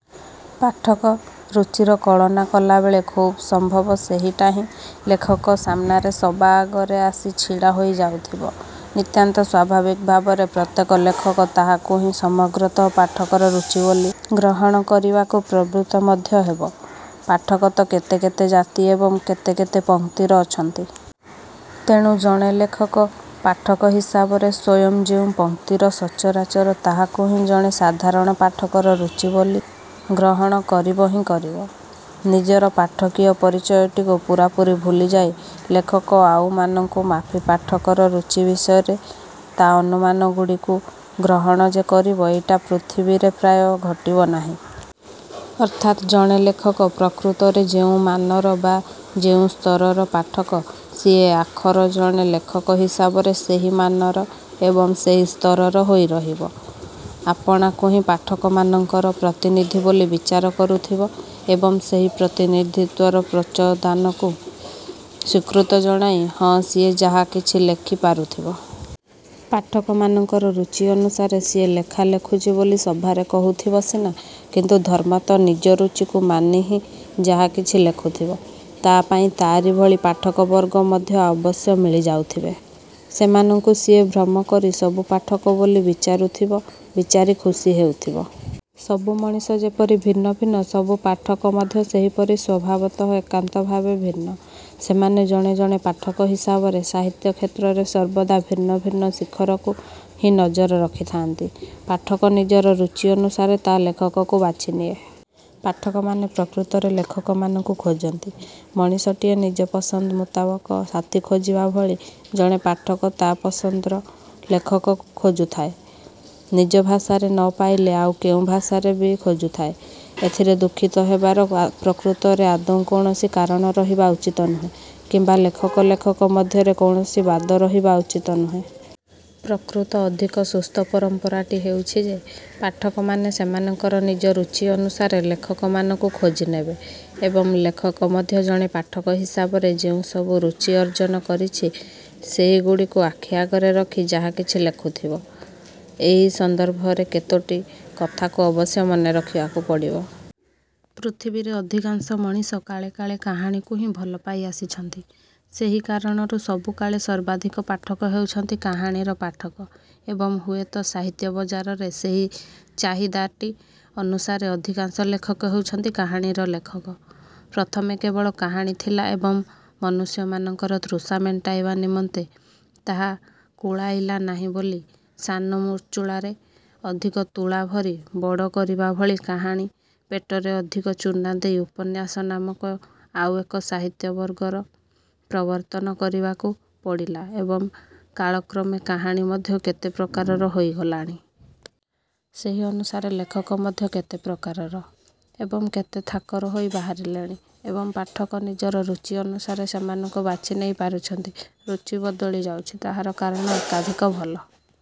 ପାଠକ ରୁଚିର କଳନା କଲାବେଳେ ଖୁବ୍ ସମ୍ଭବ ସେହିଟା ହିଁ ଲେଖକ ସାମନାରେ ସବା ଆଗରେ ଆସି ଛିଡ଼ା ହୋଇ ଯାଉଥିବ। ନିତାନ୍ତ ସ୍ୱାଭାବିକ ଭାବରେ ପ୍ରତ୍ୟେକ ଲେଖକ ତାହାକୁ ହିଁ ସମଗ୍ରତଃ ପାଠକର ରୁଚି ବୋଲି ଗ୍ରହଣ କରିବାକୁ ପ୍ରବୃତ୍ତ ମଧ୍ୟ ହେବ। ପାଠକ ତ କେତେ କେତେ ଜାତି ଏବଂ କେତେ କେତେ ପଂକ୍ତିର ଅଛନ୍ତି। ତେଣୁ ଜଣେ ଲେଖକ ପାଠକ ହିସାବରେ ସ୍ଵୟଂ ଯେଉଁ ପଂକ୍ତିର ସଚରାଚର ତାହାକୁ ହିଁ ଜଣେ ସାଧାରଣ ପାଠକର ରୁଚି ବୋଲି ଗ୍ରହଣ କରିବ ହିଁ କରିବ। ନିଜର ପାଠକୀୟ ପରିଚୟଟିକୁ ପୂରାପୂରି ଭୁଲିଯାଇ ଲେଖକ ଆଉମାନଙ୍କୁ ମାପି ପାଠକର ରୁଚି ବିଷୟରେ ତା ଅନୁମାନଗୁଡ଼ିକୁ ଗ୍ରହଣ ଯେ କରିବ, ଏଇଟା ପୃଥିବୀରେ ପ୍ରାୟ ଘଟିବ ନାହିଁ। ଅର୍ଥାତ୍ ଜଣେ ଲେଖକ ପ୍ରକୃତରେ ଯେଉଁ ମାନର ବା ଯେଉଁ ସ୍ତରର ପାଠକ ସିଏ ଆଖର ଜଣେ ଲେଖକ ହିସାବରେ ସେହି ମାନର ଏବଂ ସେହି ସ୍ତରର ହୋଇ ରହିବ। ଆପଣାକୁ ହିଁ ପାଠକମାନଙ୍କର ପ୍ରତିନିଧି ବୋଲି ବିଚାର କରୁଥିବ ଏବଂ ସେହି ପ୍ରତିନିଧିତ୍ୱର ପ୍ରଚୋଦାନକୁ ସ୍ୱୀକୃତ ଜଣାଇ ହଁ ସିଏ ଯାହା କିଛି ଲେଖି ପାରୁଥିବ। ପାଠକମାନଙ୍କର ରୁଚି ଅନୁସାରେ ସିଏ ଲେଖା ଲେଖୁଛି ବୋଲି ସଭାରେ କହୁଥିବ ସିନା କିନ୍ତୁ ଧର୍ମତଃ ନିଜ ରୁଚିକୁ ମାନି ହିଁ ଯାହାକିଛି ଲେଖୁଥବ। ତା ପାଇଁ ତାରି ଭଳି ପାଠକବର୍ଗ ମଧ୍ୟ ଅବଶ୍ୟ ମିଳିଯାଉଥିବେ। ସେମାନଙ୍କୁ ସିଏ ଭ୍ରମ କରି ସବୁ ପାଠକ ବୋଲି ବିଚାରୁଥିବ, ବିଚାରି ଖୁସୀ ହେଉଥିବ। ସବୁ ମଣିଷ ଯେପରି ଭିନ୍ନ ଭିନ୍ନ, ସବୁ ପାଠକ ମଧ୍ୟ ସେହିପରି ସ୍ୱଭାବତଃ ଏକାନ୍ତ ଭାବେ ଭିନ୍ନ। ସେମାନେ ଜଣେ ଜଣେ ପାଠକ ହିସାବରେ ସାହିତ୍ୟ-କ୍ଷେତ୍ରରେ ସର୍ବଦା ଭିନ୍ନ ଭିନ୍ନ ଶିଖରକୁ ହିଁ ନଜର ରଖିଥାଆନ୍ତି। ପାଠକ ନିଜର ରୁଚି ଅନୁସାରେ ତା ଲେଖକକୁ ବାଛି ନିଏ। ପାଠକମାନେ ପ୍ରକୃତରେ ଲେଖକମାନଙ୍କୁ ଖୋଜନ୍ତି। ମଣିଷଟିଏ ନିଜ ପସନ୍ଦ ମୁତାବକ ସାଥୀ ଖୋଜିବା ଭଳି ଜଣେ ପାଠକ ତା ପସନ୍ଦର ଲେଖକକୁ ଖୋଜୁଥାଏ। ନିଜ ଭାଷାରେ ନ ପାଇଲେ ଆଉ କେଉଁ ଭାଷାରେ ବି ଖୋଜୁଥାଏ। ଏଥିରେ ଦୁଃଖିତ ହେବାର ପ୍ରକୃତରେ ଆଦୌ କୌଣସି କାରଣ ରହିବା ଉଚିତ ନୁହେଁ କିମ୍ବା ଲେଖକ ଲେଖକ ମଧ୍ୟରେ କୌଣସି ବାଦ ରହିବା ମଧ୍ୟ ଉଚିତ ନୁହେଁ। ପ୍ରକୃତ ଅଧିକ ସୁସ୍ଥ ପରମ୍ପରାଟି ହେଉଛି ଯେ ପାଠକମାନେ ସେମାନଙ୍କର ନିଜ ରୁଚି ଅନୁସାରେ ଲେଖକମାନଙ୍କୁ ଖୋଜି ନେବେ ଏବଂ ଲେଖକ ମଧ୍ୟ ଜଣେ ପାଠକ ହିସାବରେ ଯେଉଁ ସବୁ ରୁଚି ଅର୍ଜନ କରିଛି, ସେହିଗୁଡ଼ିକୁ ଆଖି ଆଗରେ ରଖି ଯାହାକିଛି ଲେଖୁଥିବ। ଏହି ସନ୍ଦର୍ଭରେ କେତୋଟି କଥାକୁ ଅବଶ୍ୟ ମନେ ରଖିବାକୁ ପଡ଼ିବ। ପୃଥିବୀରେ ଅଧିକାଂଶ ମଣିଷ କାଳେ କାଳେ କାହାଣୀକୁ ହିଁ ଭଲ ପାଇ ଆସିଛନ୍ତି। ସେହି କାରଣରୁ ସବୁକାଳେ ସର୍ବାଧିକ ପାଠକ ହେଉଛନ୍ତି କାହାଣୀର ପାଠକ ଏବଂ ହୁଏତ ସାହିତ୍ୟ ବଜାରର ସେହି ଚାହିଦାଟି ଅନୁସାରେ ଅଧିକାଂଶ ଲେଖକ ହେଉଛନ୍ତି କାହାଣୀର ଲେଖକ। ପ୍ରଥମେ କେବଳ କାହାଣୀ ଥିଲା ଏବଂ ମନୁଷ୍ୟମାନଙ୍କର ତୃଷା ମେଣ୍ଟାଇବା ନିମନ୍ତେ ତାହା କୁଳାଇଲା ନାହିଁ ବୋଲି ସାନ ମୁଚୁଳାରେ ଅଧିକ ତୁଳା ଭରି ବଡ଼ କରିବା ଭଳି କାହାଣୀ ପେଟରେ ଅଧିକ ଚୂନା ଦେଇ ଉପନ୍ୟାସ ନାମକ ଆଉ ଏକ ସାହିତ୍ୟବର୍ଗର ପ୍ରବର୍ତ୍ତନ କରିବାକୁ ପଡ଼ିଲା ଏବଂ କାଳକ୍ରମେ କାହାଣୀ ମଧ୍ୟ କେତେ ପ୍ରକାରର ହୋଇଗଲାଣି। ସେହି ଅନୁସାରେ ଲେଖକ ମଧ୍ୟ କେତେ ପ୍ରକାରର ଏବଂ କେତେ ଥାକର ହୋଇ ବାହାରିଲେଣି ଏବଂ ପାଠକ ନିଜର ରୁଚି ଅନୁସାରେ ସେମାନଙ୍କୁ ବାଛିନେଇ ପାରୁଛନ୍ତି, ରୁଚି ବଦଳି ଯାଉଛି। ତାହାର କାରଣ ଏକାଧିକ। ଭଲ